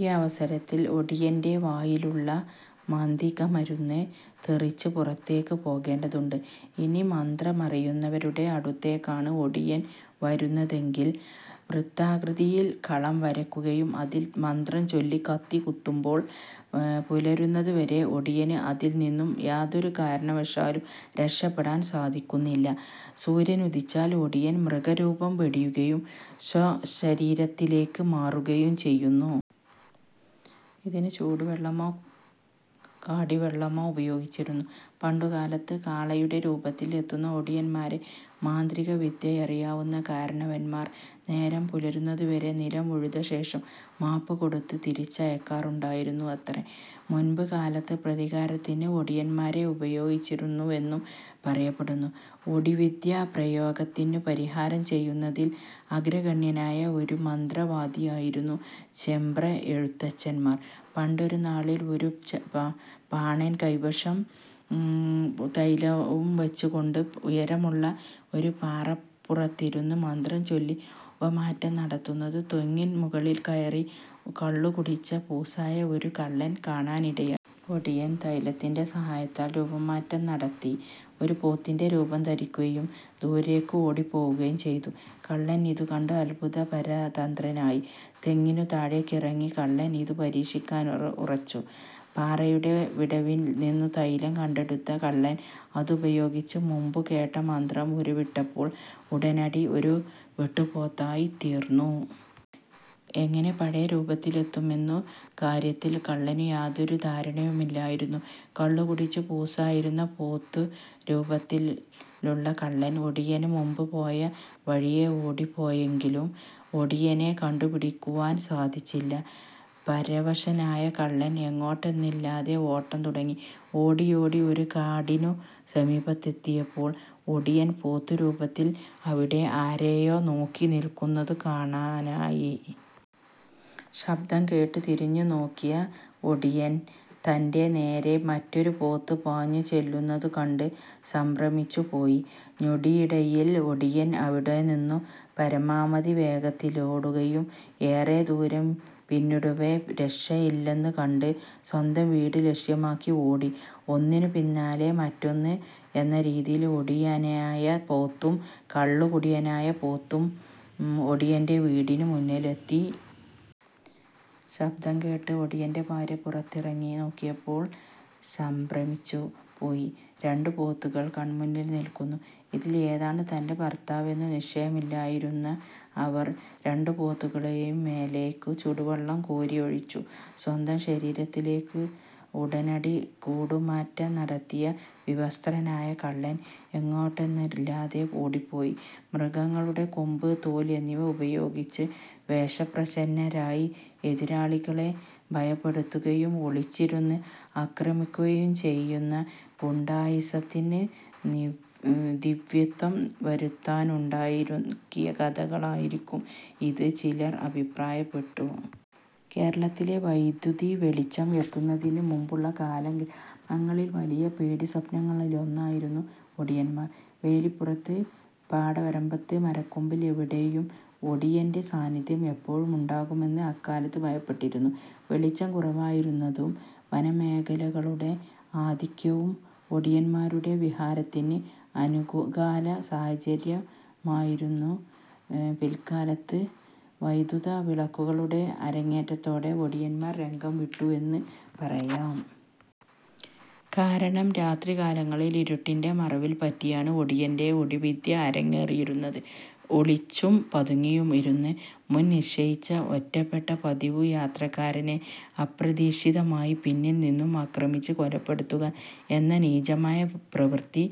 ഈ അവസരത്തിൽ ഒടിയന്റെ വായിലുള്ള മാന്തികമരുന്ന് തെറിച്ച് പുറത്തേയ്ക്കു പോകേണ്ടതുണ്ട്. ഇനി മന്ത്രമറിയുന്നവരുടെ അടുത്തേക്കാണ് ഒടിയൻ വരുന്നതെങ്കിൽ, വൃത്താകൃതിയിൽ കളം വരയുകയും അതിൽ മന്ത്രം ചൊല്ലി കത്തി കുത്തുമ്പോൾ പുലരുന്നത് വരെ ഒടിയന് അതിൽ നിന്നും യാതൊരു കാരണവശാലും രക്ഷപെടാൻ സാധിക്കുന്നില്ല. സൂര്യനുദിച്ചാൽ ഒടിയൻ മൃഗരൂപം വെടിയുകയും സ്വശരീരത്തിലേയ്ക്കു മാറുകയും ചെയ്യുന്നു. ഇതിന് ചൂടുവെള്ളമോ കാടിവെള്ളമോ ഉപയോഗിച്ചിരുന്നു. പണ്ടുകാലത്ത് കാളയുടെ രൂപത്തിൽ എത്തുന്ന ഒടിയൻമാരെ മാന്ത്രികവിദ്യറിയാവുന്ന കാരണവന്മാർ നേരം പുലരുന്നതുവരെ നിലം ഉഴുതശേഷം മാപ്പ് കൊടുത്തു തിരിച്ചയയ്ക്കാറുണ്ടായിരുന്നുവത്രേ. മുൻപ് കാലത്ത് പ്രതികാരത്തിന് ഒടിയൻമാരെ ഉപയോഗിച്ചിരുന്നുവെന്നും പറയപ്പെടുന്നുണ്ട്. ഒടിവിദ്യാ പ്രയോഗത്തിനു പരിഹാരം ചെയ്യുന്നതിൽ അഗ്രഗണ്യനായ ഒരു മന്ത്രവാദിയായിരുന്നു ചെമ്പ്രയെഴുത്തച്ഛന്മാർ. പണ്ടൊരു നാളിൽ ഒരു പാണൻ കൈവശം തൈലവും വച്ചുകൊണ്ട് ഉയരമുള്ള ഒരു പാറപ്പുറത്തിരുന്ന് മന്ത്രം ചൊല്ലി രൂപമാറ്റം നടത്തുന്നത് തെങ്ങിൻ മുകളിൽ കയറി കള്ളു കുടിച്ചു പൂസായ ഒരു കള്ളൻ കാണാനിടയായി. ഒടിയൻ, തൈലത്തിന്റെ സഹായത്താൽ രൂപമാറ്റം നടത്തി ഒരു പോത്തിന്റെ രൂപം ധരിക്കുകയും ദൂരേയ്ക്കു് ഓടിപ്പോകുകയും ചെയ്തു. കള്ളൻ ഇതുകണ്ട് അത്ഭുത പരതന്ത്രനായി. തെങ്ങിനു ത്ഴെയിറങ്ങിയ കള്ളൻ ഇതു പരീക്ഷിക്കാനുറച്ചു. പാറയുടെ വിടവിൽനിന്നു തൈലം കണ്ടെടുത്ത കള്ളൻ അതുപയോഗിച്ച് മുമ്പുകേട്ട മന്ത്രം ഉരുവിട്ടപ്പോൾ ഉടനടി ഒരു വെട്ടുപോത്തായിത്തീർന്നു. എങ്ങനെ പഴയ രൂപത്തിലെത്തുമെന്നുള്ള കാര്യത്തിൽ കള്ളനു യാതൊരു ധാരണയുമില്ലായിരുന്നു. കളളുകുടിച്ചു പൂസായിരുന്ന പോത്തു രൂപത്തിലുള്ള കള്ളൻ, ഒടിയൻ മുമ്പു പോയ വഴിയേ ഓടിപ്പോയെങ്കിലും ഒടിയനെ കണ്ടുപിടിക്കുവാൻ സാധിച്ചില്ല. പരവശനായ കള്ളൻ എങ്ങോട്ടെന്നില്ലാതെ ഓട്ടം തുടങ്ങി. ഓടിയോടി ഒരു കാടിനു സമീപമെത്തിയപ്പോൾ ഒടിയൻ പോത്തുരൂപത്തിൽ അവിടെ ആരെയോ നോക്കി നിൽക്കുന്നതു കാണായി. ശബ്ദം കേട്ടു തിരിഞ്ഞുനോക്കിയ ഒടിയൻ തന്റെ നേരേ മറ്റൊരു പോത്ത് പാഞ്ഞുചെല്ലുന്നതു കണ്ടു സംഭ്രമിച്ചുപോയി. ഞൊടിയിടയിൽ ഒടിയൻ അവിടെനിന്നു പരമാവധി വേഗത്തിലോടുകയും ഏറെ ദൂരം പിന്നിടവേ രക്ഷയില്ലെന്നു കണ്ട് സ്വന്തം വീടു ലക്ഷ്യമാക്കി ഓടി. ഒന്നിനു പിന്നാലെ മറ്റൊന്ന് എന്ന രീതിയിൽ ഒടിയനായ പോത്തും കള്ളുകുടിയനായ പോത്തും ഒടിയന്റെ വീടിനു മുന്നിലെത്തി. ശബ്ദം കേട്ട് ഒടിയന്റെ ഭാര്യ പുറത്തിറങ്ങി നോക്കിയപ്പോൾ സംഭ്രമിച്ചു പോയി. രണ്ടു പോത്തുകൾ കൺമുന്നിൽ നിൽക്കുന്നു. ഇതിൽ ഏതാണ് തന്റെ ഭർത്താവെന്നു നിശ്ചയമില്ലാതിരുന്ന അവർ രണ്ടു പോത്തുകളെ മേലേയ്ക്കും ചൂടുവെള്ളം കോരിയൊഴിച്ചു. സ്വന്തം ശരീരത്തിലേയ്ക്കു ഉടനടി കൂടുമാറ്റ നടത്തിയ വിവസ്ത്രനായ കള്ളൻ എങ്ങോട്ടെന്നില്ലാതെ ഓടിപ്പോയി. മൃഗങ്ങളുടെ കൊമ്പ്, തോൽ എന്നിവ ഉപയോഗിച്ച് വേഷപ്രശ്ചന്നരായി എതിരാളികളെ ഭയപ്പെടുത്തുകയും ഒളിച്ചിരുന്ന് ആക്രമിക്കുകയും ചെയ്യുന്ന ഗുണ്ടായിസത്തിന് ദിവ്യത്വം വരുത്താനുണ്ടാക്കിയ കഥകളായിരിക്കാം ഇത് ചിലർ അഭിപ്രായപ്പെടുന്നു. കേരളത്തിൽ വൈദ്യുതി വെളിച്ചം എത്തുന്നതിനു മുമ്പുള്ള കാലം ഗ്രാമങ്ങളിലെ വലിയ പേടിസ്വപ്നങ്ങളിലൊന്നായിരുന്നു ഒടിയന്മാർ. വേലിപ്പുറത്ത്, പാടവരമ്പത്ത്, മരക്കൊമ്പിൽ എവിടെയും ഒടിയന്റെ സാന്നിധ്യം എപ്പോഴുമുണ്ടാകാമെന്ന് അക്കാലത്ത് ഭയപ്പെട്ടിരുന്നു. വെളിച്ചം കുറവായിരുന്നതും വനമേഖലകളുടെ ആധിക്യവും ഒടിന്മാരുടെ വിഹാരത്തിന് അനുകാല സാഹചര്യങ്ങളായിരുന്നു. പിൽക്കാലത്ത് വൈദ്യുത വിളക്കുകളുടെ അരങ്ങേറ്റത്തോടെ ഒടിയന്മാർ രംഗം വിട്ടുവെന്നു പറയാം. കാരണം, രാത്രികാലങ്ങളിൽ ഇരുട്ടിന്റെ മറവു പറ്റിയാണ് ഒടിയന്റെ ഒടി വിദ്യ അരങ്ങേറിയിരുന്നത്. ഒളിച്ചും പതുങ്ങിയുമിരുന്ന് മുൻ നിശ്ചയിച്ച ഒറ്റപ്പെട്ട പതിവു യാത്രക്കാരനെ അപ്രതീക്ഷിതമായി പിന്നിൽ നിന്നും ആക്രമിച്ച് കൊലപ്പെടുത്തുക എന്ന നീചമായ പ്രവൃത്തി,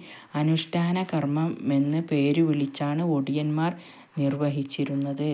അനുഷ്ഠാന കർമ്മമെന്ന പേരുവിളിച്ചാണ് ഒടിയൻമാർ നിർവ്വഹിച്ചിരുന്നത്.